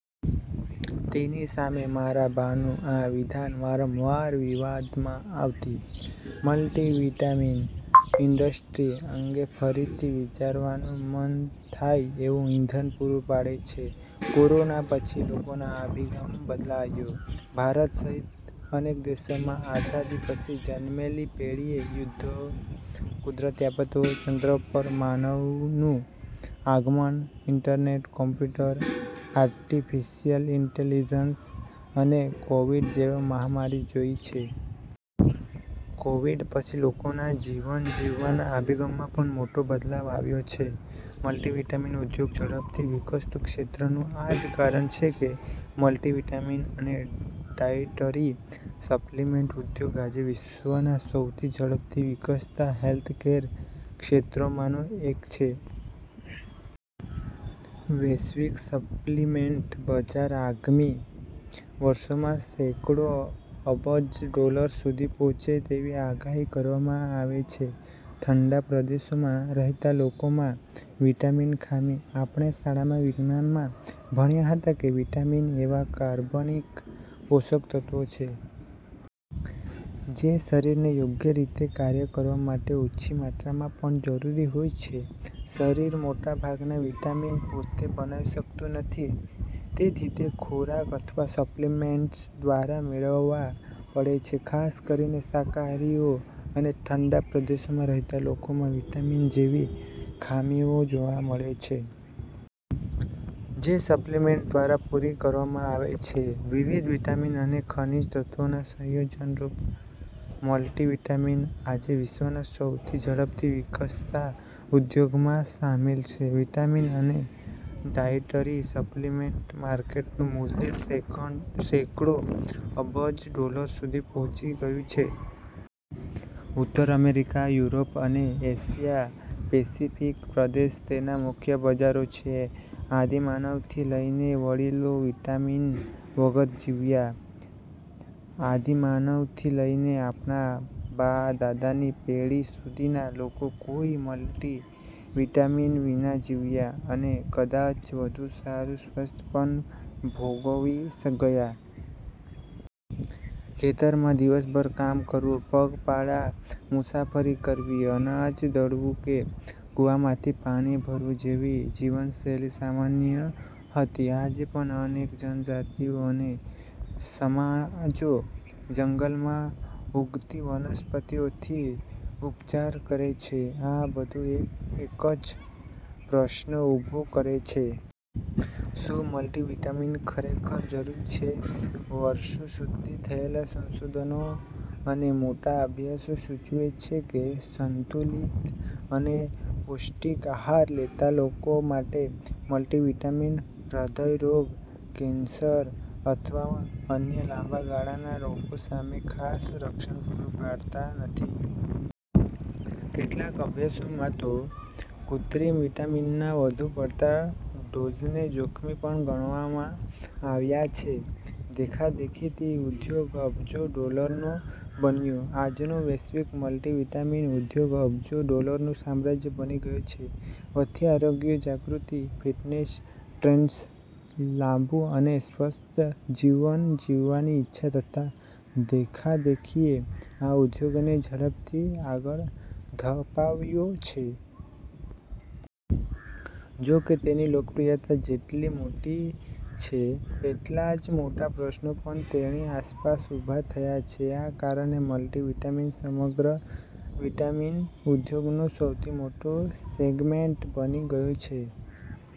તેની સામે મારા બાનું આ વિધાન વારંવાર વિવાદમાં આવતી. મલ્ટિવિટામીન ઇન્ડસ્ટ્રી અંગે ફરીથી વિચારવાનું મન થાય એવું ઇંધણ પૂરું પાડે છે. કોરોના પછી લોકોનો અભિગમ બદલાયો. ભારત સહિત અનેક દેશોમાં આઝાદી પછી જન્મેલી પેઢીએ યુદ્ધો, કુદરતી આપત્તિઓ, ચંદ્ર પર માનવનું આગમન, ઇન્ટરનેટ, કોમ્પ્યુટર, આર્ટિફિશિયલ ઇન્ટેલિજન્સ અને કોવિડ જેવી મહામારી જોઇ છે. કોવિડ પછી લોકોના જીવન જીવવાના અભિગમમાં પણ મોટો બદલાવ આવ્યો છે. મલ્ટિવિટામીન ઉદ્યોગ ઝડપથી વિકસતું ક્ષેત્રનું આ જ કારણ છે કે મલ્ટિવિટામીન અને ડાયટરી સપ્લિમેન્ટ ઉદ્યોગ આજે વિશ્વના સૌથી ઝડપથી વિકસતા હેલ્થકેર ક્ષેત્રોમાંનો એક છે. વૈશ્વિક સપ્લિમેન્ટ બજાર આગામી વર્ષોમાં સેંકડો અબજ ડોલર સુધી પહોંચે તેવી આગાહી કરવામાં આવે છે. ઠંડા પ્રદેશોમાં રહેતા લોકોમાં વિટામીન ખામી. આપણે શાળામાં વિજ્ઞાનમાં ભણ્યા હતા કે વિટામિન એવા કાર્બનિક પોષક તત્વો છે. જે શરીરને યોગ્ય રીતે કાર્ય કરવા માટે ઓછી માત્રામાં પણ જરૂરી હોય છે. શરીર મોટાભાગના વિટામિન પોતે બનાવી શકતું નથી, તેથી તે ખોરાક અથવા સપ્લિમેન્ટ્સ દ્વારા મેળવવા પડે છે. ખાસ કરીને શાકાહારીઓ અને ઠંડા પ્રદેશોમાં રહેતા લોકોમાં વિટામિન જેવી ખામીઓ જોવા મળે છે. જે સપ્લિમેન્ટ દ્વારા પૂરી કરવામાં આવે છે. વિવિધ વિટામિન અને ખનિજ તત્વોના સંયોજનરૂપ મલ્ટિવિટામીન આજે વિશ્વના સૌથી ઝડપથી વિકસતા ઉદ્યોગોમાં સામેલ છે. વિટામિન અને ડાયટરી સપ્લિમેન્ટ માર્કેટનું મૂલ્ય સેંકડો અબજ ડોલર સુધી પહોંચી ગયું છે. ઉત્તર અમેરિકા, યુરોપ અને એશિયા-પેસિફિક પ્રદેશ તેના મુખ્ય બજારો છે. આદિમાનવથી લઇને વડીલો મલ્ટિવિટામીન વગર જીવ્યા, આદિમાનવથી લઈને આપણા બા-દાદાની પેઢી સુધીના લોકો કોઈ મલ્ટિવિટામીન વિના જીવ્યા, અને કદાચ વધુ સારું સ્વાસ્થ્ય પણ ભોગવી ગયા. ખેતરમાં દિવસભર કામ કરવું, પગપાળા મુસાફરી કરવી, અનાજ દળવું કે કૂવામાંથી પાણી ભરવું જેવી જીવનશૈલી સામાન્ય હતી. આજે પણ અનેક જનજાતિઓ અને સમાજો જંગલમાં ઉગતી વનસ્પતિઓથી ઉપચાર કરે છે. આ બધું એક જ પ્રશ્ન ઊભો કરે છે. શું મલ્ટિવિટામીન ખરેખર જરૂરી છે? વર્ષો સુધી થયેલા સંશોધનો અને મોટા અભ્યાસો સૂચવે છે કે, સંતુલિત અને પૌષ્ટિક આહાર લેતા લોકો માટે મલ્ટિવિટામીન હૃદયરોગ, કેન્સર અથવા અન્ય લાંબા ગાળાના રોગો સામે ખાસ રક્ષણ પૂરું પાડતા નથી. કેટલાક અભ્યાસોમાં તો કૃત્રિમ વિટામિનના વધુ પડતા ડોઝને જોખમી પણ ગણાવવામાં આવ્યા છે. દેખાદેખીથી ઉદ્યોગ અબજો ડોલરનો બન્યો. આજનો વૈશ્વિક મલ્ટિવિટામીન ઉદ્યોગ અબજો ડોલરનું સામ્રાજ્ય બની ગયો છે. વધતી આરોગ્ય જાગૃતિ, ફિટનેસ ટ્રેન્ડ્સ, લાંબું અને સ્વસ્થ જીવન જીવવાની ઇચ્છા તથા દેખાદેખીએ આ ઉદ્યોગને ઝડપથી આગળ ધપાવ્યો છે. જોકે, તેની લોકપ્રિયતા જેટલી મોટી છે એટલા જ મોટા પ્રશ્નો પણ તેની આસપાસ ઉભા થયા છે. આ કારણે મલ્ટિવિટામીન સમગ્ર વિટામિન ઉદ્યોગનો સૌથી મોટો સેગમેન્ટ બની ગયો છે.